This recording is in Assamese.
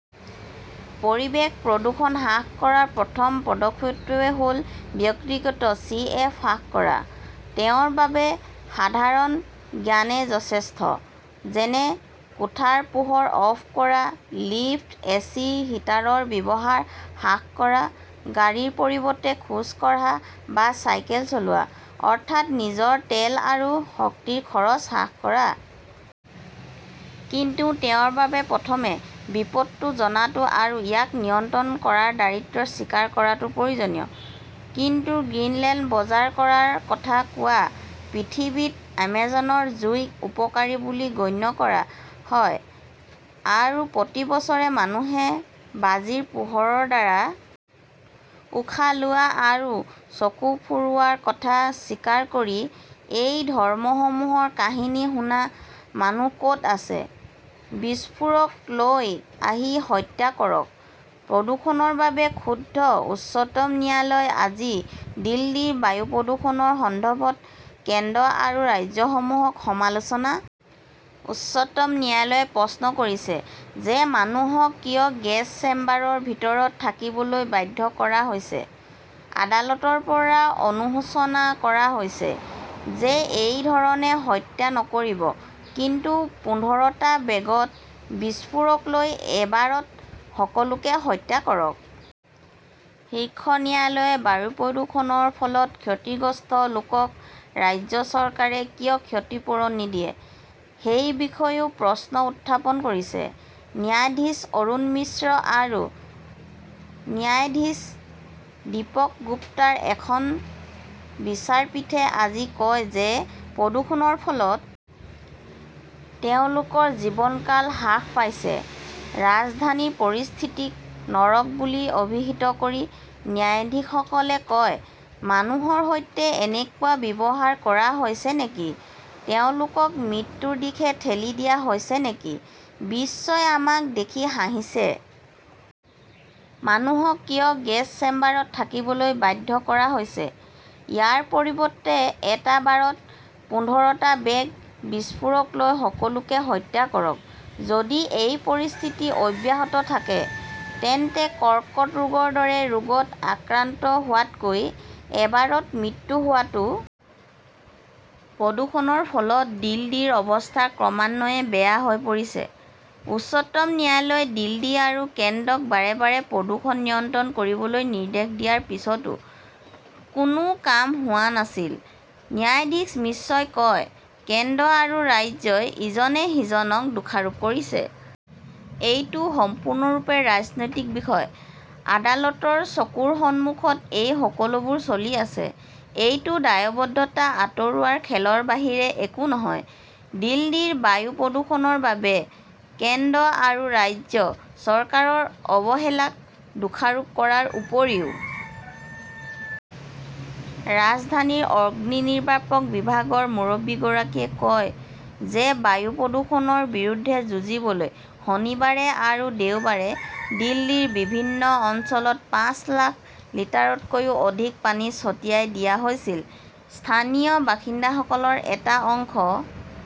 পৰিৱেশ প্ৰদূষণ হ্ৰাস কৰাৰ প্ৰথম পদক্ষেপটো হ'ল ব্যক্তিগত চি এফ হ্ৰাস কৰা। তেওঁৰ বাবে সাধাৰণ জ্ঞানই যথেষ্ট। যেনে, কোঠাৰ পোহৰ অফ কৰা, লিফ্ট, এচি, হিটাৰৰ ব্যৱহাৰ হ্ৰাস কৰা, গাড়ীৰ পৰিৱৰ্তে খোজ কাঢ়া বা চাইকেল চলোৱা অৰ্থাৎ নিজৰ তেল আৰু শক্তিৰ খৰচ হ্ৰাস কৰা। কিন্তু তেওঁৰ বাবে প্ৰথমে বিপদটো জনাটো আৰু ইয়াক নিয়ন্ত্ৰণ কৰাৰ দায়িত্ব স্বীকাৰ কৰাটো প্ৰয়োজনীয়। কিন্তু গ্ৰীণলেণ্ড বজাৰ কৰাৰ কথা কোৱা পৃথিৱীত, আমাজনৰ জুইক উপকাৰী বুলি গণ্য কৰা হয়, আৰু প্ৰতি বছৰে মানুহে বাজিৰ পোহৰৰ দ্বাৰা প্ৰভাৱিত হয়। উশাহ লোৱা আৰু চকু ফুৰোৱাৰ কথা স্বীকাৰ কৰি, এই ধৰ্মসমূহৰ কাহিনী শুনা মানুহ ক'ত আছে? বিস্ফোৰক লৈ আহি হত্যা কৰক, প্ৰদূষণৰ বাবে ক্ষুব্ধ উচ্চতম ন্যায়ালয় আজি দিল্লীৰ বায়ু প্ৰদূষণৰ সন্দৰ্ভত কেন্দ্ৰ আৰু ৰাজ্যসমূহক সমালোচনা কৰে। উচ্চতম ন্যায়ালয়ে প্ৰশ্ন কৰিছে যে, মানুহক কিয় গেছ চেম্বাৰৰ ভিতৰত থাকিবলৈ বাধ্য কৰা হৈছে। আদালতৰ পৰা অনুশোচনা কৰা হৈছে যে এই ধৰণে হত্যা নকৰিব, কিন্তু পোন্ধৰটা বেগত বিস্ফোৰক লৈ এবাৰত সকলোকে হত্যা কৰক। শীৰ্ষ ন্যায়ালয়ে বায়ু প্ৰদূষণৰ ফলত ক্ষতিগ্ৰস্ত লোকসকলক ৰাজ্য চৰকাৰে কিয় ক্ষতিপূৰণ নিদিয়ে সেই বিষয়েও প্ৰশ্ন উত্থাপন কৰিছে। ন্যায়াধীশ অৰুণ মিশ্ৰ আৰু ন্যায়াধীশ দীপক গুপ্তাৰ এখন বিচাৰপীঠে আজি কয় যে প্ৰদূষণৰ ফলত লাখ লাখ লোক শ্বাস-প্ৰশ্বাস বন্ধ পৰিৱেশত বাস কৰি আছে। তেওঁলোকৰ জীৱনকাল হ্ৰাস পাইছে। ৰাজধানীৰ পৰিস্থিতিক 'নৰক' বুলি অভিহিত কৰি ন্যায়াধীশসকলে কয়, মানুহৰ সৈতে এনেকুৱা ব্যৱহাৰ কৰা হৈছে নেকি? তেওঁলোকক মৃত্যুৰ দিশে ঠেলি দিয়া হৈছে নেকি? বিশ্বই আমাক দেখি হাঁহিছে, ন্যায়াধীশ মিশ্ৰই কয়। মানুহক কিয় গেছ চেম্বাৰত থাকিবলৈ বাধ্য কৰা হৈছে? ইয়াৰ পৰিৱৰ্তে এটা বাৰত পোন্ধৰটা বেগ বিস্ফোৰক লৈ সকলোকে হত্যা কৰক। যদি এই পৰিস্থিতি অব্যাহত থাকে, তেন্তে কৰ্কট ৰোগৰ দৰে ৰোগত আক্ৰান্ত হোৱাতকৈ এবাৰত মৃত্যু হোৱাটো ভাল। প্ৰদূষণৰ ফলত দিল্লীৰ অৱস্থা ক্ৰমান্বয়ে বেয়া হৈ পৰিছে। উচ্চতম ন্যায়ালয়ে দিল্লী আৰু কেন্দ্ৰক বাৰে বাৰে প্ৰদূষণ নিয়ন্ত্ৰণ কৰিবলৈ নিৰ্দেশ দিয়াৰ পিছতো কোনো কাম হোৱা নাছিল। ন্যায়াধীশ মিশ্ৰই কয়, কেন্দ্ৰ আৰু ৰাজ্যই ইজনে সিজনক দোষাৰোপ কৰিছে। এইটো সম্পূৰ্ণৰূপে ৰাজনৈতিক বিষয়। আদালতৰ চকুৰ সন্মুখত এই সকলোবোৰ চলি আছে। এইটো দায়বদ্ধতা আঁতৰোৱাৰ খেলৰ বাহিৰে একো নহয়। দিল্লীৰ বায়ু প্ৰদূষণৰ বাবে কেন্দ্ৰ আৰু ৰাজ্য চৰকাৰৰ অৱহেলাক দোষাৰোপ কৰাৰ উপৰিও উচ্চতম ন্যায়ালয়ে কৃষককো দোষাৰোপ কৰিছে। ৰাজধানীৰ অগ্নিনিৰ্বাপক বিভাগৰ মুৰব্বীগৰাকীয়ে কয় যে বায়ু প্ৰদূষণৰ বিৰুদ্ধে যুঁজিবলৈ শনিবাৰে আৰু দেওবাৰে দিল্লীৰ বিভিন্ন অঞ্চলত পাঁচ লাখ লিটাৰতকৈও অধিক পানী ছটিয়াই দিয়া হৈছিল। স্থানীয় বাসিন্দাসকলৰ এটা অংশই কাগজ কলৰ পৰা প্ৰদূষণ বিয়পোৱাৰ অভিযোগত কাৰখানাৰ দুৱাৰত তিনি ঘণ্টা ধৰি প্ৰতিবাদ সাব্যস্ত কৰিছিল।